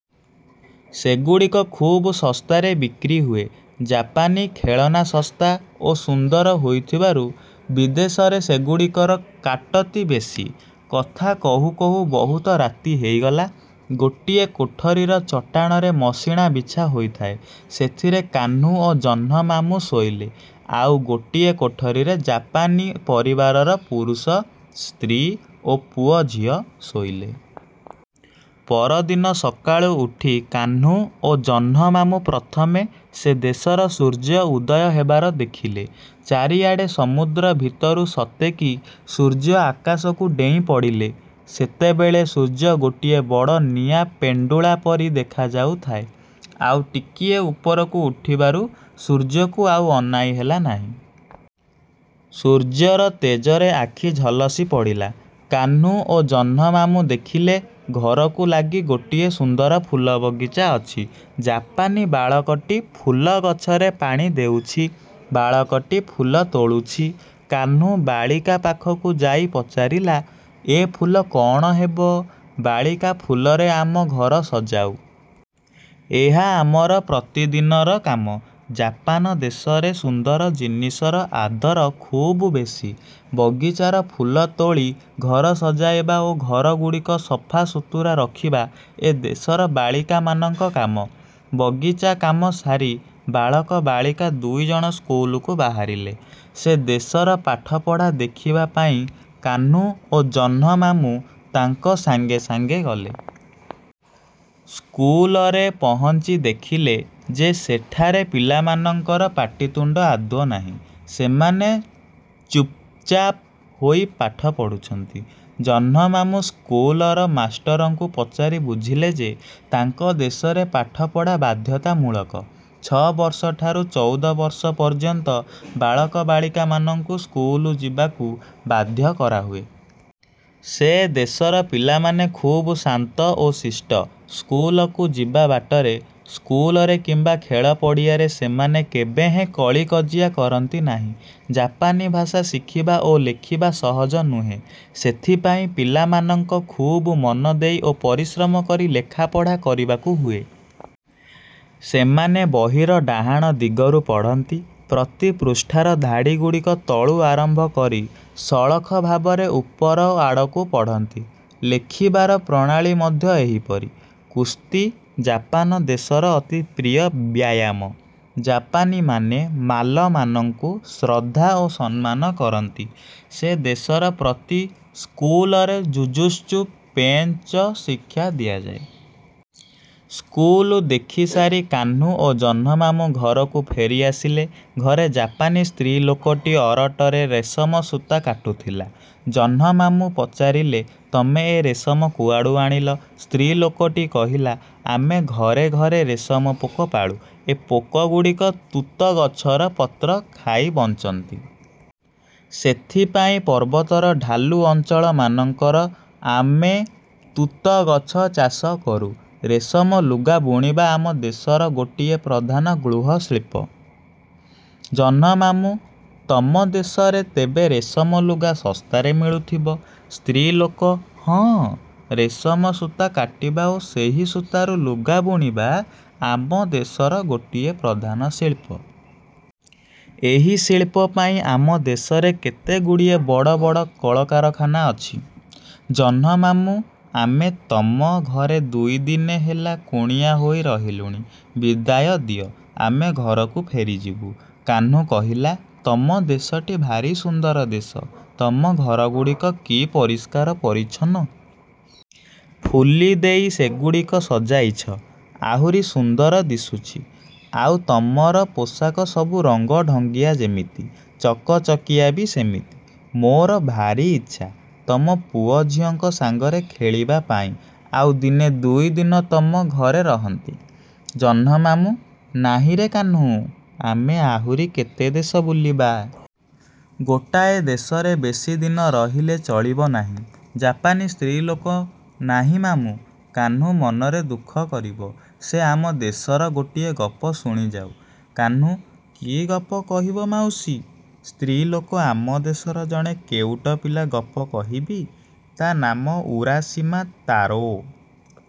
ସେଗୁଡ଼ିକ ଖୁବ୍ ଶସ୍ତାରେ ବିକ୍ରି ହୁଏ। ଜାପାନୀ ଖେଳନା ଶସ୍ତା ଓ ସୁନ୍ଦର ହୋଇଥିବାରୁ ବିଦେଶରେ ସେଗୁଡ଼ିକର କାଟତି ବେଶି। କଥା କହୁ କହୁ ବହୁତ ରାତି ହେଇଗଲା। ଗୋଟିଏ କୋଠରିର ଚଟାଣରେ ମସିଣା ବିଛା ହୋଇଥାଏ। ସେଥିରେ କାହ୍ନୁ ଓ ଜହ୍ନମାମୁଁ ଶୋଇଲେ। ଆଉ ଗୋଟିଏ କୋଠରିରେ ଜାପାନୀ ପରିବାରର ପୁରୁଷ, ସ୍ତ୍ରୀ ଓ ପୁଅଝିଅ ଶୋଇଲେ। ପରଦିନ ସକାଳୁ ଉଠି କାହ୍ନୁ ଓ ଜହ୍ନମାମୁଁ ପ୍ରଥମେ ସେ ଦେଶର ସୂର୍ଯ୍ୟ ଉଦୟ ହେବାର ଦେଖିଲେ। ଚାରିଆଡ଼େ ସମୁଦ୍ର ଭିତରୁ ସତେକି ସୂର୍ଯ୍ୟ ଆକାଶକୁ ଡେଇଁ ପଡ଼ିଲେ! ସେତେବେଳେ ସୂର୍ଯ୍ୟଗୋଟିଏ ବଡ଼ ନିଆଁ ପେଣ୍ଡୁଳା ପରି ଦେଖାଯାଉଥାଏ। ଆଉ ଟିକିଏ ଉପରକୁ ଉଠିବାରୁ ସୂର୍ଯ୍ୟକୁ ଆଉ ଅନାଇ ହେଲା ନାହିଁ। ସୂର୍ଯ୍ୟର ତେଜରେ ଆଖି ଝଲସି ପଡ଼ିଲା। କାହ୍ନୁ ଓ ଜହ୍ନମାମୁଁ ଦେଖିଲେ ଘରକୁ ଲାଗି ଗୋଟିଏ ସୁନ୍ଦର ଫୁଲବଗିଚା ଅଛି। ଜାପାନୀ ବାଳକଟି ଫୁଲଗଛରେ ପାଣି ଦେଉଛି, ବାଳକଟି ଫୁଲ ତୋଳୁଛି। କାହ୍ନୁ ବାଳିକା ପାଖକୁ ଯାଇ ପଚାରିଲା-ଏ ଫୁଲ କ'ଣ ହେବ? ବାଳିକା-ଫୁଲରେ ଆମେ ଘର ସଜାଉ। ଏହା ଆମର ପ୍ରତିଦିନର କାମ। ଜାପାନ ଦେଶରେ ସୁନ୍ଦର ଜିନିଷର ଆଦର ଖୁବ୍ ବେଶି। ବଗିଚାର ଫୁଲ ତୋଳି ଘର ସଜାଇବା ଓ ଘରଗୁଡ଼ିକ ସଫାସୁତୁରା ରଖିବା ଏ ଦେଶର ବାଳିକାମାନଙ୍କ କାମ। ବଗିଚା କାମ ସାରି ବାଳକ ବାଳିକା ଦୁଇଜଣ ସ୍କୁଲକୁ ବାହାରିଲେ। ସେ ଦେଶର ପାଠପଢ଼ା ଦେଖିବା ପାଇଁ କାହ୍ନୁ ଓ ଜହ୍ନମାମୁଁ ତାଙ୍କ ସାଙ୍ଗେ ସାଙ୍ଗେ ଗଲେ। ସ୍କୁଲରେ ପହଞ୍ଚି ଦେଖିଲେ ଯେ ସେଠାରେ ପିଲାମାନଙ୍କର ପାଟିତୁଣ୍ଡ ଆଦୌ ନାହିଁ। ସେମାନେ ଚୁପ୍ଚାପ୍ ହୋଇ ପାଠ ପଢ଼ୁଛନ୍ତି। ଜହ୍ନମାମୁଁ ସ୍କୁଲର ମାଷ୍ଟରଙ୍କୁ ପଚାରି ବୁଝିଲେ ଯେ, ତାଙ୍କ ଦେଶରେ ପାଠପଢ଼ା ବାଧ୍ୟତାମୂଳକ। ଛ'ବର୍ଷଠାରୁ ଚଉଦ ବର୍ଷ ପର୍ଯ୍ୟନ୍ତ ବାଳକ ବାଲିକାମାନଙ୍କୁ ସ୍କୁଲ ଯିବାକୁ ବାଧ୍ୟ କରାହୁଏ। ସେ ଦେଶର ପିଲାମାନେ ଖୁବ୍ ଶାନ୍ତ ଓ ଶିଷ୍ଟ। ସ୍କୁଲକୁ ଯିବା ବାଟରେ, ସ୍କୁଲରେ କିମ୍ବା ଖେଳପଡ଼ିଆରେ ସେମାନେ କେବେହେଁ କଳିକଜିଆ କରନ୍ତି ନାହିଁ। ଜାପାନୀ ଭାଷା ଶିଖିବା ଓ ଲେଖିବା ସହଜ ନୁହେଁ। ସେଥିପାଇଁ ପିଲାମାନଙ୍କ ଖୁବ୍ ମନଦେଇ ଓ ପରିଶ୍ରମ କରି ଲେଖାପଢ଼ା କରିବାକୁ ହୁଏ। ସେମାନେ ବହିର ଡାହାଣ ଦିଗରୁ ପଢ଼ନ୍ତି। ପ୍ରତି ପୃଷ୍ଠାର ଧାଡ଼ିଗୁଡ଼ିକ ତଳୁ ଆରମ୍ଭ କରି ସଳଖ ଭାବରେ ଉପର ଆଡ଼କୁ ପଢ଼ନ୍ତି। ଲେଖିବାର ପ୍ରଣାଳୀ ମଧ୍ୟ ଏହିପରି। କୁସ୍ତି ଜାପାନ ଦେଶର ଅତି ପ୍ରିୟ ବ୍ୟାୟାମ। ଜାପାନୀମାନେ ମାଲମାନଙ୍କୁ ଶ୍ରଦ୍ଧା ଓ ସମ୍ମାନ କରନ୍ତି। ସେ ଦେଶର ପ୍ରତି ସ୍କୁଲରେ ଯୁଯୁତ୍ସୁ ପେଞ୍ଚ ଶିକ୍ଷା ଦିଆଯାଏ। ସ୍କୁଲ ଦେଖିସାରି କାହ୍ନୁ ଓ ଜହ୍ନମାମୁଁ ଘରକୁ ଫେରି ଆସିଲେ। ଘରେ ଜାପାନୀ ସ୍ତ୍ରୀଲୋକଟି ଅରଟରେ ରେଶମ ସୂତା କାଟୁଥିଲା। ଜହ୍ନମାମୁଁ ପଚାରିଲେ-ତମେ ଏ ରେଶମ କୁଆଡ଼ୁ ଆଣିଲ? ସ୍ତ୍ରୀଲୋକଟି କହିଲା-ଆମେ ଘରେ ଘରେ ରେଶମ ପୋକ ପାଳୁ। ଏ ପୋକଗୁଡ଼ିକ ତୁତଗଛର ପତ୍ର ଖାଇ ବଞ୍ଚନ୍ତି। ସେଥିପାଇଁ ପର୍ବତର ଢାଲୁ ଅଞ୍ଚଳମାନଙ୍କର ଆମେ ତୁତଗଛ ଚାଷ କରୁ। ରେଶମ ଲୁଗା ବୁଣିବା ଆମ ଦେଶର ଗୋଟିଏ ପ୍ରଧାନ ଗୃହଶିଳ୍ପ। ଜହ୍ନମାମୁଁ-ତମ ଦେଶରେ ତେବେ ରେଶମ ଲୁଗା ଶସ୍ତାରେ ମିଳୁଥିବ? ସ୍ତ୍ରୀଲୋକ-ହଁ, ରେଶମ ସୂତା କାଟିବା ଓ ସେହି ସୂତାରୁ ଲୁଗା ବୁଣିବା ଆମ ଦେଶର ଗୋଟିଏ ପ୍ରଧାନ ଶିଳ୍ପ। ଏହି ଶିଳ୍ପ ପାଇଁ ଆମ ଦେଶରେ କେତେଗୁଡ଼ିଏ ବଡ଼ ବଡ଼ କଳକାରଖାନା ଅଛି। ଜହ୍ନମାମୁଁ-ଆମେ ତମ ଘରେ ଦୁଇଦିନେ ହେଲା କୁଣିଆ ହୋଇ ରହିଲୁଣି। ବିଦାୟ ଦିଅ, ଆମେ ଘରକୁ ଫେରିଯିବୁ। କାହ୍ନୁ କହିଲା-ତମ ଦେଶଟି ଭାରି ସୁନ୍ଦର ଦେଶ। ତମ ଘରଗୁଡ଼ିକ କି ପରିଷ୍କାର ପରିଚ୍ଛନ୍ନ! ଫୁଲିଦେଇ ସେଗୁଡ଼ିକ ସଜାଇଛ-ଆହୁରି ସୁନ୍ଦର ଦିଶୁଛି। ଆଉ ତମର ପୋଷାକ ସବୁ ରଙ୍ଗଢଙ୍ଗିଆ ଯେମିତି, ଚକଚକିଆ ବି ସେମିତି। ମୋର ଭାରି ଇଚ୍ଛା, ତମ ପୁଅ ଝିଅଙ୍କ ସାଙ୍ଗରେ ଖେଳିବା ପାଇଁ ଆଉ ଦିନେ ଦୁଇଦିନ ତମ ଘରେ ରହନ୍ତି। ଜହ୍ନମାମୁଁ-ନାହିଁରେ କାହ୍ନୁ! ଆମେ ଆହୁରି କେତେ ଦେଶ ବୁଲିବା। ଗୋଟାଏ ଦେଶରେ ବେଶୀ ଦିନ ରହିଲେ ଚଳିବ ନାହିଁ। ଜାପାନୀ ସ୍ତ୍ରୀଲୋକ-ନାହିଁ ମାମୁଁ! କାହ୍ନୁ ମନରେ ଦୁଃଖ କରିବ। ସେ ଆମ ଦେଶର ଗୋଟିଏ ଗପ ଶୁଣିଯାଉ। କାହ୍ନୁ-କି ଗପ କହିବ ମାଉସୀ? ସ୍ତ୍ରୀଲୋକ-ଆମ ଦେଶର ଜଣେ କେଉଟ ପିଲା ଗପ କହିବି। ତା' ନାମ ଉରାଶିମା ତାରୋ।